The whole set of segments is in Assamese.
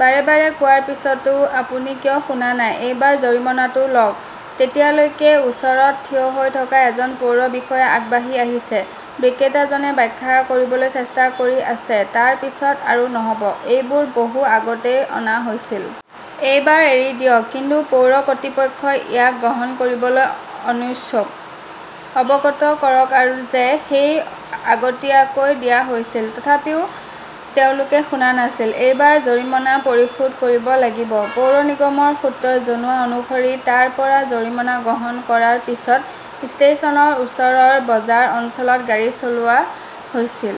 বাৰে বাৰে কোৱাৰ পিছতো আপুনি কিয় শুনা নাই? এইবাৰ জৰিমনাটো লওক। তেতিয়ালৈকে ওচৰত থিয় হৈ থকা এজন পৌৰ বিষয়া আগবাঢ়ি আহিছে। বিক্ৰেতাজনে ব্যাখ্যা কৰিবলৈ চেষ্টা কৰি আছে, তাৰ পিছত আৰু নহ 'ব। এইবোৰ বহু আগতেই অনা হৈছিল। এইবাৰ এৰি দিয়ক। কিন্তু পৌৰ কৰ্তৃপক্ষই ইয়াক গ্ৰহণ কৰিবলৈ অনিচ্ছুক। অৱগত কৰক যে সময় আগতীয়াকৈ দিয়া হৈছিল। তথাপিও তেওঁলোকে শুনা নাছিল। এইবাৰ জৰিমনা পৰিশোধ কৰিব লাগিব। পৌৰ নিগমৰ সূত্ৰই জনোৱা অনুসৰি তাৰ পৰা জৰিমনা সংগ্ৰহ কৰাৰ পিছত ষ্টেচনৰ ওচৰৰ বজাৰ অঞ্চলত গাড়ী চলোৱা হৈছিল।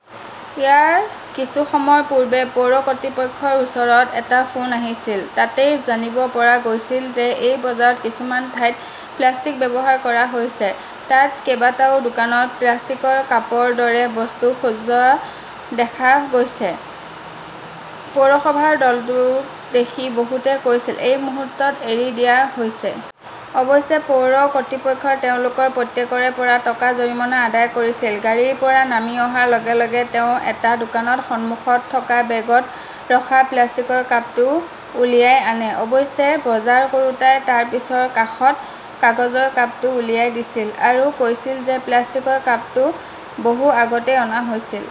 ইয়াৰ কিছু সময় পূৰ্বে পৌৰ কৰ্তৃপক্ষৰ ওচৰত এটা ফোন আহিছিল, তাতেই জানিব পৰা গৈছিল যে এই বজাৰৰ কিছুমান ঠাইত প্লাষ্টিক ব্যৱহাৰ কৰা হৈছে। তাত কেইবাটাও দোকানত প্লাষ্টিকৰ কাপৰ দৰে বস্তু সজোৱা দেখা গৈছিল। পৌৰসভাৰ দলটো দেখি বহুতে কৈছিল, এই মুহূৰ্তত এৰি দিয়া হৈছে। অৱশ্যে পৌৰ কৰ্তৃপক্ষই তেওঁলোকৰ প্ৰত্যেকৰে পৰা টকা জৰিমনা আদায় কৰিছিল। গাড়ীৰ পৰা নামি অহাৰ লগে -লগে তেওঁ এটা দোকানৰ সন্মুখত থকা বেগত ৰখা প্লাষ্টিকৰ কাপটো উলিয়াই আনে। অৱশ্যে বজাৰ কৰোঁতাই তাৰ পিছত কাষৰ কাগজৰ কাপটো আঙুলিয়াই দিছিল, আৰু কৈছিল যে প্লাষ্টিকৰ কাপটো বহু আগতেই অনা হৈছিল।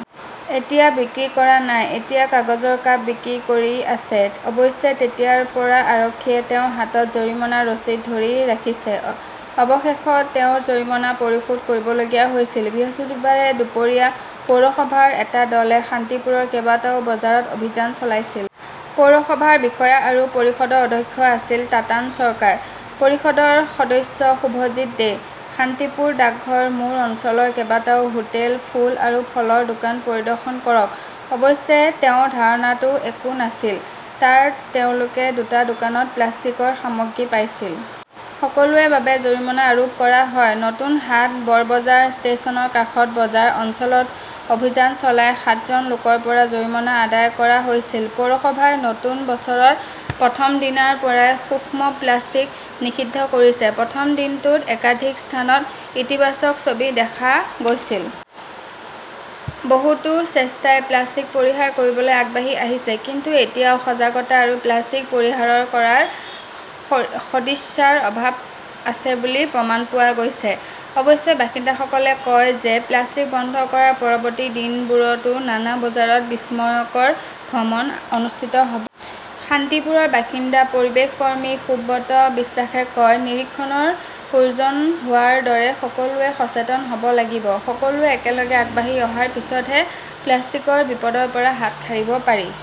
এতিয়া বিক্ৰী কৰা নাই। এতিয়া কাগজৰ কাপ বিক্ৰী কৰি আছে। অৱশ্যে তেতিয়াৰ পৰা আৰক্ষীয়ে তেওঁৰ হাতত জৰিমনাৰ ৰচিদ ধৰি ৰাখিছে। অৱশেষত তেওঁক জৰিমনা পৰিশোধ কৰিবলগীয়া হৈছিল। বৃহস্পতিবাৰে দুপৰীয়া পৌৰসভাৰ এটা দলে শান্তিপুৰৰ কেইবাটাও বজাৰত অভিযান চলাইছিল। পৌৰসভাৰ বিষয়া আৰু পৰিষদৰ অধ্যক্ষ আছিল তাতান চৰকাৰ। পৰিষদৰ সদস্য শুভজিৎ দে। শান্তিপুৰ ডাকঘৰ মোৰ অঞ্চলৰ কেইবাটাও হোটেল, ফুল আৰু ফলৰ দোকান পৰিদৰ্শন কৰক। অৱশ্যে তেওঁৰ ধাৰণাটোত একো নাছিল। তাত তেওঁলোকে দুটা দোকানত প্লাষ্টিকৰ সামগ্ৰী পাইছিল। সকলোৰে বাবে জৰিমনা আৰোপ কৰা হয়। নতুন হাট, বৰবাজাৰ ,ষ্টেচনৰ কাষৰ বজাৰ অঞ্চলত অভিযান চলাই সাতজন লোকৰ পৰা জৰিমনা আদায় কৰা হৈছিল। পৌৰসভাই নতুন বছৰৰ প্ৰথম দিনৰ পৰাই সূক্ষ্ম প্লাষ্টিক নিষিদ্ধ কৰিছে। প্ৰথম দিনটোত একাধিক স্থানত ইতিবাচক ছবি দেখা গৈছিল। বহুটো স্বেচ্ছাই প্লাষ্টিক পৰিহাৰ কৰিবলৈ আগবাঢ়ি আহিছে, কিন্তু এতিয়াও সজাগতা আৰু প্লাষ্টিক পৰিহাৰ কৰাৰ সদিচ্ছাৰ অভাৱ আছে বুলি প্ৰমাণ পোৱা গৈছে। অৱশ্যে বাসিন্দাসকলে কয় যে প্লাষ্টিক বন্ধ কৰাৰ পৰৱৰ্তী দিনবোৰতো নানা বজাৰত বিস্ময়কৰ ভ্ৰমণ অনুষ্ঠিত হ'ব। শান্তিপুৰৰ বাসিন্দা পৰিৱেশ কৰ্মী সুব্ৰত বিশ্বাসে কয়, নিৰীক্ষণৰ প্ৰয়োজন হোৱাৰ দৰে সকলোৱে সচেতন হ'ব লাগিব। সকলোৱে একেলগে আগবাঢ়ি অহাৰ পিছতহে প্লাষ্টিকৰ বিপদৰ পৰা হাত সাৰিব পাৰি